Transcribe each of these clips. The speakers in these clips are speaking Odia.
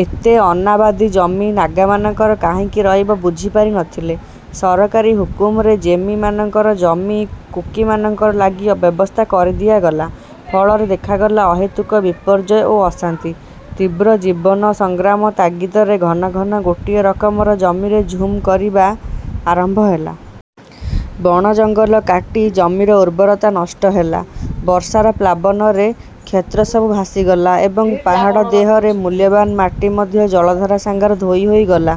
ଏତେ ଅନାବାଦି ଜମି ନାଗାମାନଙ୍କର କାହିଁକି ରହିବ ବୁଝିପାରି ନଥିଲେ। ସରକାରୀ ହୁକୁମରେ ଜେମି ମାନଙ୍କର ଜମି କୁକିମାନଙ୍କର ଲାଗି ବ୍ୟବସ୍ଥା କରିଦିଆଗଲା। ଫଳରେ ଦେଖାଗଲା ଅହେତୁକ ବିପର୍ଯ୍ୟୟ ଓ ଅଶାନ୍ତି। ତୀବ୍ର ଜୀବନ ସଂଗ୍ରାମ ତାଗିଦରେ ଘନ ଘନ ଗୋଟିଏ ରକମର ଜମିରେ ଝୁମ କରିବା ଆରମ୍ଭ ହେଲା। ବଣଜଙ୍ଗଲ କାଟି ଜମିର ଉର୍ବରତା ନଷ୍ଟ ହେଲା। ବର୍ଷାର ପ୍ଲାବନରେ କ୍ଷେତ୍ରସବୁ ଭାସିଗଲା ଏବଂ ପାହାଡ଼ ଦେହରେ ମୂଲ୍ୟବାନ ମାଟି ମଧ୍ୟ ଜଳଧାରା ସାଙ୍ଗରେ ଧୋଇ ହୋଇଗଲା।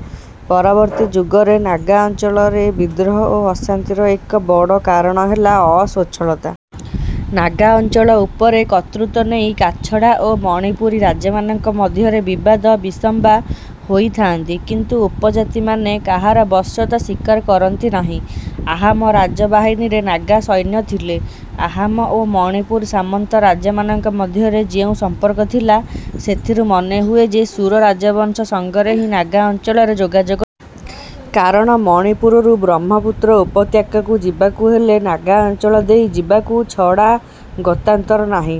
ପରବର୍ତ୍ତୀ ଯୁଗରେ ନାଗା ଅଞ୍ଚଳରେ ବିଦ୍ରୋହ ଏବଂ ଅଶାନ୍ତିର ଏକ ବଡ଼ କାରଣ ହେଲା ଏହି ଅସ୍ୱଚ୍ଛଳତା। ନାଗା ଅଞ୍ଚଳ ଉପରେ କର୍ତ୍ତୃତ୍ୱ ନେଇ କାଛଡ଼ା ଓ ମଣିପୁରୀ ରାଜାମାନଙ୍କ ମଧ୍ୟରେ ବିବାଦ ବିସମ୍ବା ହୋଇଥାଆନ୍ତି। କିନ୍ତୁ ଉପଜାତିମାନେ କାହାର ବଶ୍ୟତା ସ୍ୱୀକାର କରନ୍ତି ନାହିଁ। ଆହମ ରାଜବାହିନୀରେ ନାଗା ସୈନ୍ୟ ଥିଲେ। ଆହମ ଓ ମଣିପୁର ସାମନ୍ତ ରାଜାମାନଙ୍କ ମଧ୍ୟରେ ଯେଉଁ ସମ୍ପର୍କ ଥିଲା, ସେଥିରୁ ମନେହୁଏ ଯେ ସୁର ରାଜବଂଶ ସଙ୍ଗରେ ହିଁ ନାଗା ଅଞ୍ଚଳରେ ଯୋଗାଯୋଗ ଥିଲା। କାରଣ ମଣିପୁରରୁ ବ୍ରହ୍ମପୁତ୍ର ଉପତ୍ୟକାକୁ ଯିବାକୁ ହେଲେ ନାଗା ଅଞ୍ଚଳ ଦେଇଯିବାକୁ ଛଡ଼ା ଗତାନ୍ତର ନାହିଁ।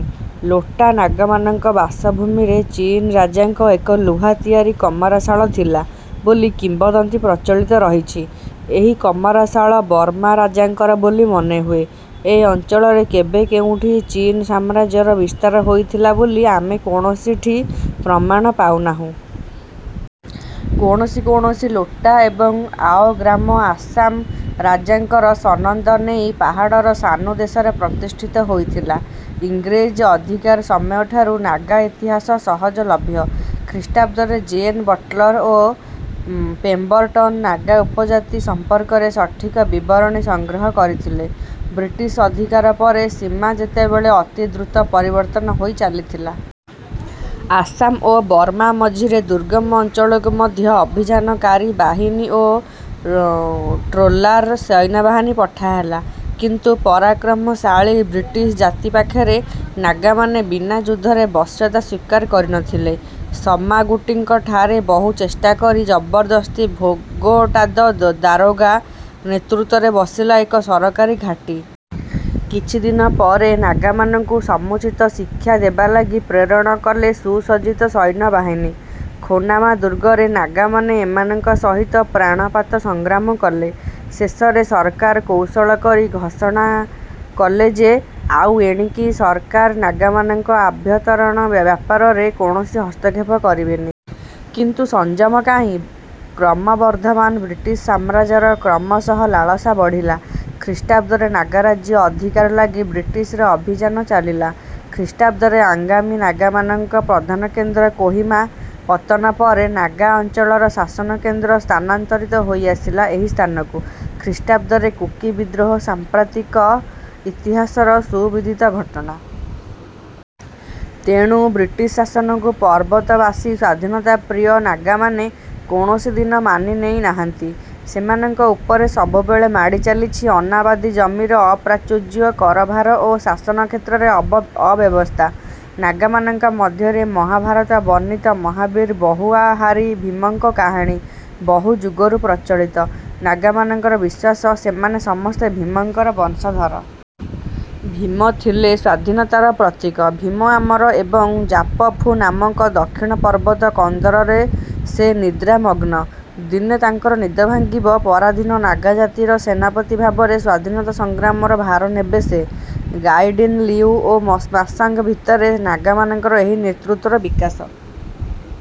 ଲୋଟା ନାଗାମାନଙ୍କ ବାସଭୂମିରେ ଚୀନ ରାଜାଙ୍କ ଏକ ଲୁହା ତିଆରି କମାରଶାଳ ଥିଲା ବୋଲି କିମ୍ବଦନ୍ତୀ ପ୍ରଚଳିତ ରହିଛି। ଏହି କମାରଶାଳ ବର୍ମା ରାଜାଙ୍କର ବୋଲି ମନେହୁଏ। ଏ ଅଞ୍ଚଳରେ କେବେ କେଉଁଠି ଚୀନ ସାମ୍ରାଜ୍ୟର ବିସ୍ତାର ହୋଇଥିଲା ବୋଲି ଆମେ କୌଣସିଠି ପ୍ରମାଣ ପାଉନାହୁଁ। କୌଣସି କୌଣସି ଲୋଟା ଏବଂ ଆଓ ଗ୍ରାମ ଆସାମ ରାଜାଙ୍କର ସନନ୍ଦ ନେଇ ପାହାଡ଼ର ସାନୁଦେଶରେ ପ୍ରତିଷ୍ଠିତ ହୋଇଥିଲା। ଇଂରେଜ ଅଧିକାର ସମୟଠାରୁ ନାଗା ଇତିହାସ ସହଜଲଭ୍ୟ। ଖ୍ରୀଷ୍ଟାବ୍ଦରେ ଜେନ୍‍ ବଟଲର ଓ ପେମ୍ବରଟନ୍ ନାଗା ଉପଜାତି ସମ୍ପର୍କରେ ସଠିକ ବିବରଣୀ ସଂଗ୍ରହ କରିଥିଲେ। ବ୍ରିଟିଶ ଅଧିକାର ପରେ ସୀମା ସେତେବେଳେ ଅତି ଦ୍ରୁତ ପରିବର୍ତ୍ତିତ ହୋଇଚାଲିଥିଲା। ଆସାମ ଓ ବର୍ମା ମଝିରେ ଦୁର୍ଗମ ଅଞ୍ଚଳକୁ ମଧ୍ୟ ଅଭିଯାନକାରୀ ବାହିନୀ ଓ ଟ୍ରେଲ୍ଦାର ସୈନ୍ୟବାହିନୀ ପଠାହେଲା; କିନ୍ତୁ ପରାକ୍ରମଶାଳୀ ବ୍ରିଟିଶ ଜାତି ପାଖରେ ନାଗାମାନେ ବିନା ଯୁଦ୍ଧରେ ବଶ୍ୟତା ସ୍ୱୀକାର କରିନଥିଲେ। ସମାଗୁଟିଙ୍କଠାରେ ବହୁ ଚେଷ୍ଟା କରି ଜବରଦସ୍ତି ଭୋଗଟାଦ ଦାରୋଗା ନେତୃତ୍ୱରେ ବସିଲା ଏକ ସରକାରୀ ଘାଟୀ। କିଛିଦିନ ପରେ ନାଗାମାନଙ୍କୁ ସମୁଚିତ ଶିକ୍ଷା ଦେବା ଲାଗି ପ୍ରେରଣ କଲେ ସୁସଜ୍ଜିତ ସୈନ୍ୟବାହିନୀ। ଖୋନୋମା ଦୁର୍ଗରେ ନାଗାମାନେ ଏମାନଙ୍କ ସହିତ ପ୍ରାଣପାତ ସଂଗ୍ରାମ କଲେ। ଶେଷରେ ସରକାର କୌଶଳ କରି ଘୋଷଣା କଲେ ଯେ ଆଉ ଏଣିକି ସରକାର ନାଗାମାନଙ୍କ ଆଭ୍ୟନ୍ତରୀଣ ବ୍ୟାପାରରେ କୌଣସି ହସ୍ତକ୍ଷେପ କରିବେନି। କିନ୍ତୁ ସଂଯମ କାହିଁ? କ୍ରମବର୍ଦ୍ଧମାନ ବ୍ରିଟିଶ ସାମ୍ରାଜ୍ୟର କ୍ରମଶଃ ଲାଳସା ବଢ଼ିଲା। ଖ୍ରୀଷ୍ଟାବ୍ଦରେ ନାଗାରାଜ୍ୟ ଅଧିକାର ଲାଗି ବ୍ରିଟିଶର ଅଭିଯାନ ଚାଲିଲା। ଖ୍ରୀଷ୍ଟାବ୍ଦରେ ଆଙ୍ଗାମି ନାଗାମାନଙ୍କ ପ୍ରଧାନ କେନ୍ଦ୍ର କୋହିମା ପତନ ପରେ ନାଗା ଅଞ୍ଚଳର ଶାସନକେନ୍ଦ୍ର ସ୍ଥାନାନ୍ତରିତ ହୋଇଆସିଲା ଏହି ସ୍ଥାନକୁ। ଖ୍ରୀଷ୍ଟାବ୍ଦରେ କୁକି ବିଦ୍ରୋହ ସାମ୍ପ୍ରତିକ ଇତିହାସର ସୁବିଦିତ ଘଟଣା। ତେଣୁ ବ୍ରିଟିଶ ଶାସନକୁ ପର୍ବତବାସୀ ସ୍ୱାଧୀନତାପ୍ରିୟ ନାଗାମାନେ କୌଣସିଦିନ ମାନି ନେଇ ନାହାନ୍ତି। ସେମାନଙ୍କ ଉପରେ ସବୁବେଳେ ମାଡ଼ି ଚାଲିଛି ଅନାବାଦି ଜମିର ଅପ୍ରାଚୁର୍ଯ୍ୟ, କରଭାର ଓ ଶାସନକ୍ଷେତ୍ରରେ ଅବ୍ୟବସ୍ଥା। ନାଗାମାନଙ୍କ ମଧ୍ୟରେ ମହାଭାରତ ବର୍ଣ୍ଣିତ ମହାବୀର ବହୁଆହାରୀ ଭୀମଙ୍କ କାହାଣୀ ବହୁଯୁଗରୁ ପ୍ରଚଳିତ। ନାଗାମାନଙ୍କ ବିଶ୍ୱାସ—ସେମାନେ ସମସ୍ତେ ଭୀମଙ୍କର ବଂଶଧର। ଭୀମ ଥିଲେ ସ୍ୱାଧୀନତାର ପ୍ରତୀକ। ଭୀମ ଆମର ଏବଂ ଜାପଫୁ ନାମକ ଦକ୍ଷିଣ ପର୍ବତକନ୍ଦରରେ ସେ ନିଦ୍ରାମଗ୍ନ। ଦିନେ ତାଙ୍କର ନିଦ ଭାଙ୍ଗିବ, ପରାଧୀନ ନାଗାଜାତିର ସେନାପତି ଭାବରେ ସ୍ୱାଧୀନତା ସଂଗ୍ରାମର ଭାର ନେବେ ସେ। ଗାଇଡିନଲିଉ ଓ ମାଶାଙ୍ଗ ଭିତରେ ନାଗାମାନଙ୍କ ଏହି ନେତୃତ୍ୱର ବିକାଶ।